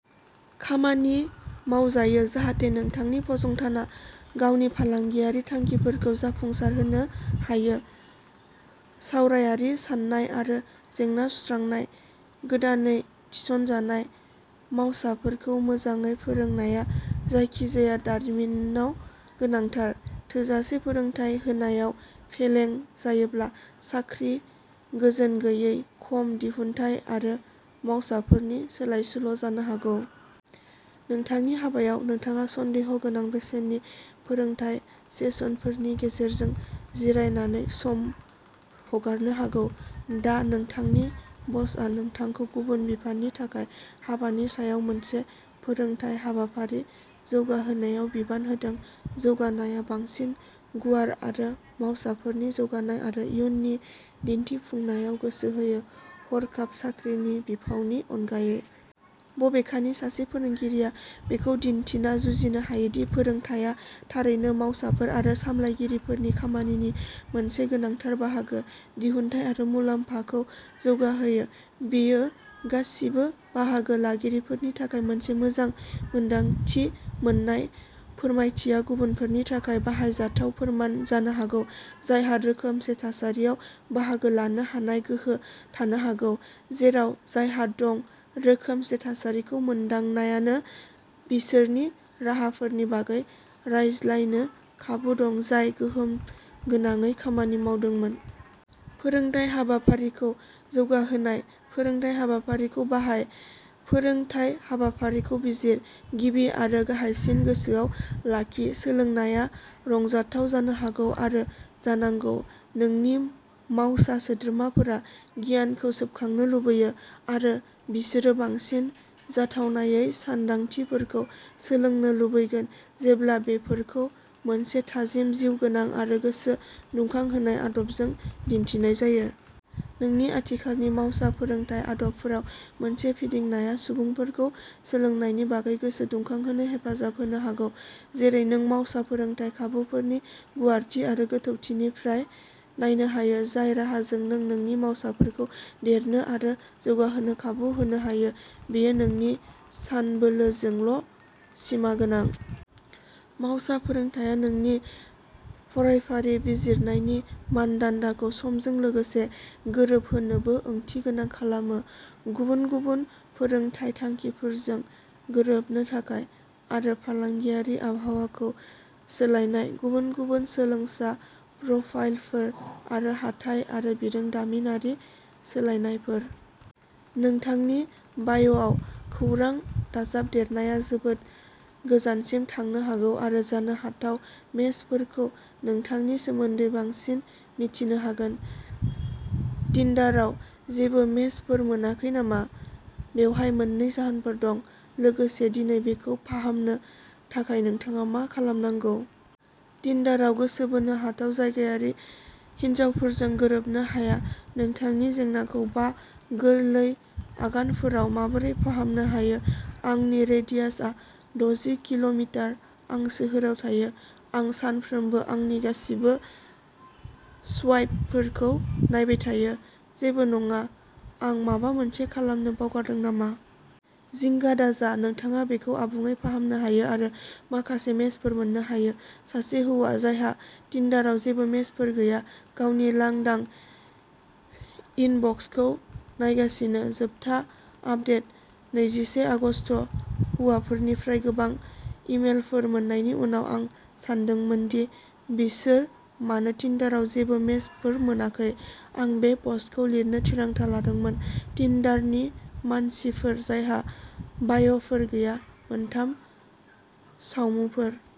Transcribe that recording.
खामानि मावजायो जाहाथे नोंथांनि फसंथाना गावनि फालांगियारि थांखिफोरखौ जाफुंसारहोनो हायो। सावरायारि साननाय आरो जेंना सुस्रांनाय। गोदानै थिसनजानाय मावसाफोरखौ मोजाङै फोरोंनाया जायखिजाया दारिमिनाव गोनांथार। थोजासे फोरोंथाय होनायाव फेलें जायोब्ला साख्रि गोजोन गैयै, खम दिहुनथाइ आरो मावसाफोरनि सोलाय-सोल' जानो हागौ। नोंथांनि हाबायाव, नोंथाङा सन्देहगोनां बेसेननि फोरोंथाय सेसनफोरनि गेजेरजों जिरायनानै सम हगारनो हागौ। दा नोंथांनि बसआ नोंथांखौ गुबुन बिफाननि थाखाय हाबानि सायाव मोनसे फोरोंथाय हाबाफारि जौगाहोनायाव बिबान होदों। जौगानायआ बांसिन गुवार आरो मावसाफोरनि जौगानाय आरो इयुननि दिन्थिफुंनायाव गोसो होयो, हरखाब साख्रिनि बिफावनि अनगायै। बबेखानि, सासे फोरोंगिरिया बेखौ दिन्थिना जुजिनो हायो दि फोरोंथाया थारैनो मावसाफोर आरो सामलायगिरिफोरनि खामानिनि मोनसे गोनांथार बाहागो। दिहुनथाइ आरो मुलाम्फाखौ जौगाहोयो। बेयो गासिबो बाहागो लागिरिफोरनि थाखाय मोनसे मोजां मोन्दांथि मोन्नाय फोरमायथिया गुबुनफोरनि थाखाय बाहायजाथाव फोरमान जानो हागौ जायहा रोखोमसे थासारियाव बाहागो लानो हानाय गोहो थानो हागौ, जेराव जायहा दं रोखोमसे थासारिखौ मोनदांनायानो बिसोरनि राहाफोरनि बागै रायज्लायनो खाबु दं जाय गोहोम गोनाङै खामानि मावदोंमोन। फोरोंथाय हाबाफारिखौ जौगाहोनाय। फोरोंथाय हाबाफारिखौ बाहाय। फोरोंथाय हाबाफारिखौ बिजिर। गिबि आरो गाहायसिन, गोसोआव लाखि सोलोंनाया रंजाथाव जानो हागौ आरो जानांगौ। नोंनि मावसा सोद्रोमाफोरा गियानखौ सोबखांनो लुबैयो, आरो बिसोरो बांसिन जाथावनायै सानदांथिफोरखौ सोलोंनो लुबैगोन जेब्ला बेफोरखौ मोनसे थाजिम, जिउगोनां आरो गोसो दुंखांहोनाय आदबजों दिन्थिनाय जायो। नोंनि आथिखालनि मावसा फोरोंथाय आदबफोराव मोनसे फिदिंनाया सुबुंफोरखौ सोलोंनायनि बागै गोसो दुंखांहोनो हेफाजाब होनो हागौ। जेरै नों मावसा फोरोंथाय खाबुफोरनि गुवारथि आरो गोथौथिनिफ्राय नायनो हायो, जाय राहाजों नों नोंनि मावसाफोरखौ देरनो आरो जौगाहोनो खाबु होनो हायो बेयो नोंनि सानबोलोजोंल' सिमा गोनां। मावसा फोरोंथाया नोंनि फरायफारि बिजिरनायनि मान दान्दाखौ समजों लोगोसे गोरोब होनोबो ओंथि गोनां खालामो, गुबुन गुबुन फोरोंथाय थांखिफोरजों गोरोबनो थाखाय। आरो फालांगियारि आबहावाखौ सोलायनाय, गुबुन गुबुन सोलोंसा प्रफाइलफोर, आरो हाथाइ आरो बिरोंदामिनारि सोलायनायफोर। नोंथांनि बाय'आव खौरां दाजाबदेरनाया जोबोद गोजानसिम थांनो हागौ आरो जानो हाथाव मेचफोरखौ नोंथांनि सोमोन्दै बांसिन मिथिनो हागोन। टिन्डाराव जेबो मेचफोर मोनाखै नामा? बेवहाय मोननै जाहोनफोर दं, लोगोसे दिनै बेखौ फाहामनो थाखाय नोंथाङा मा खालामनांगौ। टिन्डाराव गोसो बोनो हाथाव जायगायारि हिनजावफोरजों गोरोबनो हाया नोंथांनि जेंनाखौ बा गोरलै आगानफोराव माबोरै फाहामनो हायो आंनि रेडियासआ दजि किल'मिटार। आं सोहोराव थायो। आं सानफ्रोमबो आंनि गासिबो स्वाइपफोरखौ नायबाय थायो। जेबो नङा? आं माबा मोनसे खालामनो बावगारदों नामा? जिंगा दाजा नोंथाङा बेखौ आबुङै फाहामनो हायो आरो माखासे मेचफोर मोननो हायो। सासे हौवा जायहा टिन्डाराव जेबो मेचफोर गैया, गावनि लांदां इनबक्सखौ नायगासिनो। जोबथा आपदेट नैजिसे आगस्त हौवाफोरनिफ्राय गोबां इमेलफोर मोननायनि उनाव, आं सोंदोंमोन दि बिसोर मानो टिन्डाराव जेबो मेचफोर मोनाखै, आं बे पस्टखौ लिरनो थिरांथा लादोंमोन। टिन्डारनि मानसिफोर जायहा बाय'फोर गैया, मोनथाम सावमुफोर।